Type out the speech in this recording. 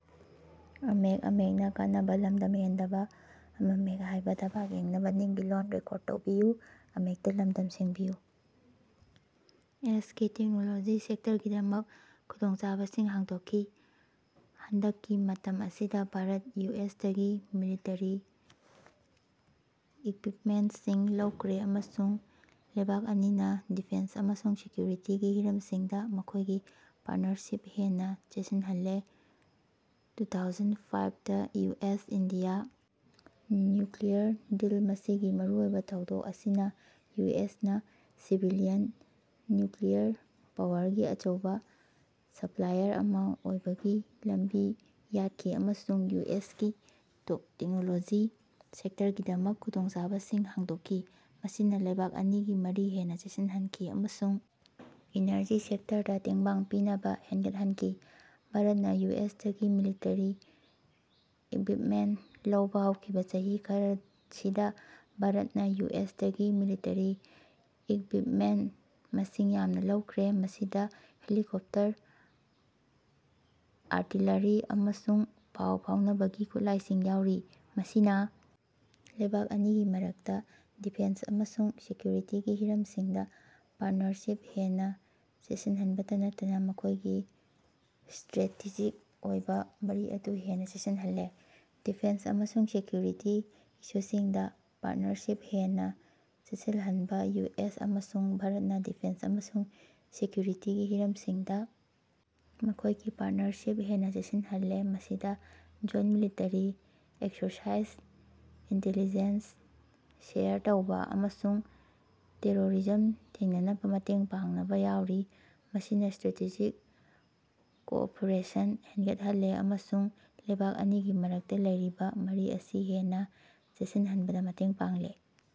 ꯑꯦꯁ ꯀꯤ ꯇꯦꯛꯅꯣꯂꯣꯖꯤ ꯁꯦꯛꯇꯔꯒꯤꯗꯃꯛ ꯈꯨꯗꯣꯡꯆꯥꯕꯁꯤꯡ ꯍꯥꯡꯗꯣꯛꯈꯤ꯫ ꯍꯟꯗꯛꯀꯤ ꯃꯇꯝ ꯑꯁꯤꯗ ꯚꯥꯔꯠꯅ ꯌꯨ ꯑꯦꯁ ꯇꯒꯤ ꯃꯤꯂꯤꯇꯔꯤ ꯏꯛꯕꯤꯞꯃꯦꯟꯇꯁꯤꯡ ꯂꯧꯈ꯭ꯔꯦ ꯑꯃꯁꯨꯡ ꯂꯩꯕꯥꯛ ꯑꯅꯤꯅ ꯗꯤꯐꯦꯟꯁ ꯑꯃꯁꯨꯡ ꯁꯦꯀꯌꯨꯔꯤꯇꯤꯒꯤ ꯍꯤꯔꯝꯁꯤꯡꯗ ꯃꯈꯣꯏꯒꯤ ꯄꯥꯔꯠꯅꯔꯁꯤꯞ ꯍꯦꯟꯅ ꯆꯦꯠꯁꯤꯜꯍꯜꯂꯦ꯫ ꯇꯨꯊꯥꯎꯖꯟ ꯐꯥꯏꯞ ꯗ U S India nuclear deal ꯃꯁꯤꯒꯤ ꯃꯔꯨꯑꯣꯏꯕ ꯊꯧꯗꯣꯛ ꯑꯁꯤꯅ ꯌꯨ ꯑꯦꯁ ꯅ ꯁꯤꯚꯤꯂꯤꯌꯟ ꯅꯌꯨꯀꯂꯤꯌꯔ ꯄꯥꯋꯔꯒꯤ ꯑꯆꯧꯕ ꯁꯞꯂꯥꯏꯌꯔ ꯑꯃ ꯑꯣꯏꯕꯒꯤ ꯂꯝꯕꯤ ꯌꯥꯠꯈꯤ ꯑꯃꯁꯨꯡ ꯌꯨ ꯑꯦꯁ ꯀꯤ ꯇꯦꯛꯅꯣꯂꯣꯖꯤ ꯁꯦꯛꯇꯔꯒꯤꯗꯃꯛ ꯈꯨꯗꯣꯡꯆꯥꯕꯁꯤꯡ ꯍꯥꯡꯗꯣꯛꯈꯤ꯫ ꯃꯁꯤꯅ ꯂꯩꯕꯥꯛ ꯑꯅꯤꯒꯤ ꯃꯔꯤ ꯍꯦꯟꯅ ꯆꯦꯠꯁꯤꯜꯍꯟꯈꯤ ꯑꯃꯁꯨꯡ ꯏꯅꯔꯖꯤ ꯁꯦꯛꯇꯔꯗ ꯇꯦꯡꯕꯥꯡ ꯄꯤꯅꯕ ꯍꯦꯟꯒꯠꯍꯟꯈꯤ꯫ ꯚꯥꯔꯠꯠꯅ ꯌꯨ ꯑꯦꯁ ꯇꯒꯤ ꯃꯤꯂꯤꯇꯔꯤ ꯏꯛꯕꯤꯞꯃꯦꯟꯇ ꯂꯧꯕ ꯍꯧꯈꯤꯕ ꯆꯍꯤ ꯈꯔꯁꯤꯗ ꯚꯥꯔꯠꯅ ꯌꯨ ꯑꯦꯁ ꯇꯒꯤ ꯃꯤꯂꯤꯇꯔꯤ ꯏꯛꯕꯤꯞꯃꯦꯟ ꯃꯁꯤꯡ ꯌꯥꯝꯅ ꯂꯧꯈ꯭ꯔꯦ꯫ ꯃꯁꯤꯗ ꯍꯦꯂꯤꯀꯣꯞꯇꯔ ꯑꯥꯔꯇꯤꯂꯥꯔꯤ ꯑꯃꯁꯨꯡ ꯄꯥꯎ ꯐꯥꯎꯅꯕꯒꯤ ꯈꯨꯠꯂꯥꯏꯁꯤꯡ ꯌꯥꯎꯔꯤ꯫ ꯃꯁꯤꯅ ꯂꯩꯕꯥꯛ ꯑꯅꯤꯒꯤ ꯃꯔꯛꯇ ꯗꯤꯐꯦꯟꯁ ꯑꯃꯁꯨꯡ ꯁꯦꯀꯌꯨꯔꯤꯇꯤꯒꯤ ꯍꯤꯔꯝꯁꯤꯡꯗ ꯄꯥꯔꯠꯅꯔꯁꯤꯞ ꯍꯦꯟꯅ ꯆꯦꯠꯁꯤꯜꯍꯟꯕꯇ ꯅꯠꯇꯅ ꯃꯈꯣꯏꯒꯤ ꯁꯇꯔꯦꯇꯦꯖꯤꯛ ꯑꯣꯏꯕ ꯃꯔꯤ ꯑꯗꯨ ꯍꯦꯟꯅ ꯆꯦꯠꯁꯤꯜꯍꯜꯂꯦ꯫ ꯗꯤꯐꯦꯟꯁ ꯑꯃꯁꯨꯡ ꯁꯦꯀꯌꯨꯔꯤꯇꯤ ꯏꯁꯨꯁꯤꯡꯗ ꯄꯥꯔꯠꯅꯔꯁꯤꯞ ꯍꯦꯟꯅ ꯆꯦꯠꯁꯤꯜꯍꯟꯕ ꯌꯨ ꯑꯦꯁ ꯑꯃꯁꯨꯡ ꯚꯥꯔꯠꯅ ꯗꯤꯐꯦꯟꯁ ꯑꯃꯁꯨꯡ ꯁꯦꯀꯌꯨꯔꯤꯇꯤꯒꯤ ꯍꯤꯔꯝꯁꯤꯡꯗ ꯃꯈꯣꯏꯒꯤ ꯄꯥꯔꯠꯅꯔꯁꯤꯞ ꯍꯦꯟꯅ ꯆꯦꯠꯁꯤꯜꯍꯜꯂꯦ ꯃꯁꯤꯗ joint military exercise intelligence share ꯇꯧꯕ ꯑꯃꯁꯨꯡ ꯇꯦꯔꯣꯔꯤꯖꯝ ꯊꯦꯡꯅꯅꯕ ꯃꯇꯦꯡ ꯄꯥꯡꯅꯕ ꯌꯥꯎꯔꯤ꯫ ꯃꯁꯤꯅ ꯁꯇꯔꯦꯇꯦꯖꯤꯛ ꯀꯣꯑꯣꯄꯔꯦꯁꯟ ꯍꯦꯡꯒꯠꯍꯜꯂꯦ ꯑꯃꯁꯨꯡ ꯂꯩꯕꯥꯛ ꯑꯅꯤꯒꯤ ꯃꯔꯛꯇ ꯂꯩꯔꯤꯕ ꯃꯔꯤ ꯑꯁꯤ ꯍꯦꯟꯅ ꯆꯦꯠꯁꯤꯟꯍꯟꯕꯗ ꯃꯇꯦꯡ ꯄꯥꯡꯂꯦ꯫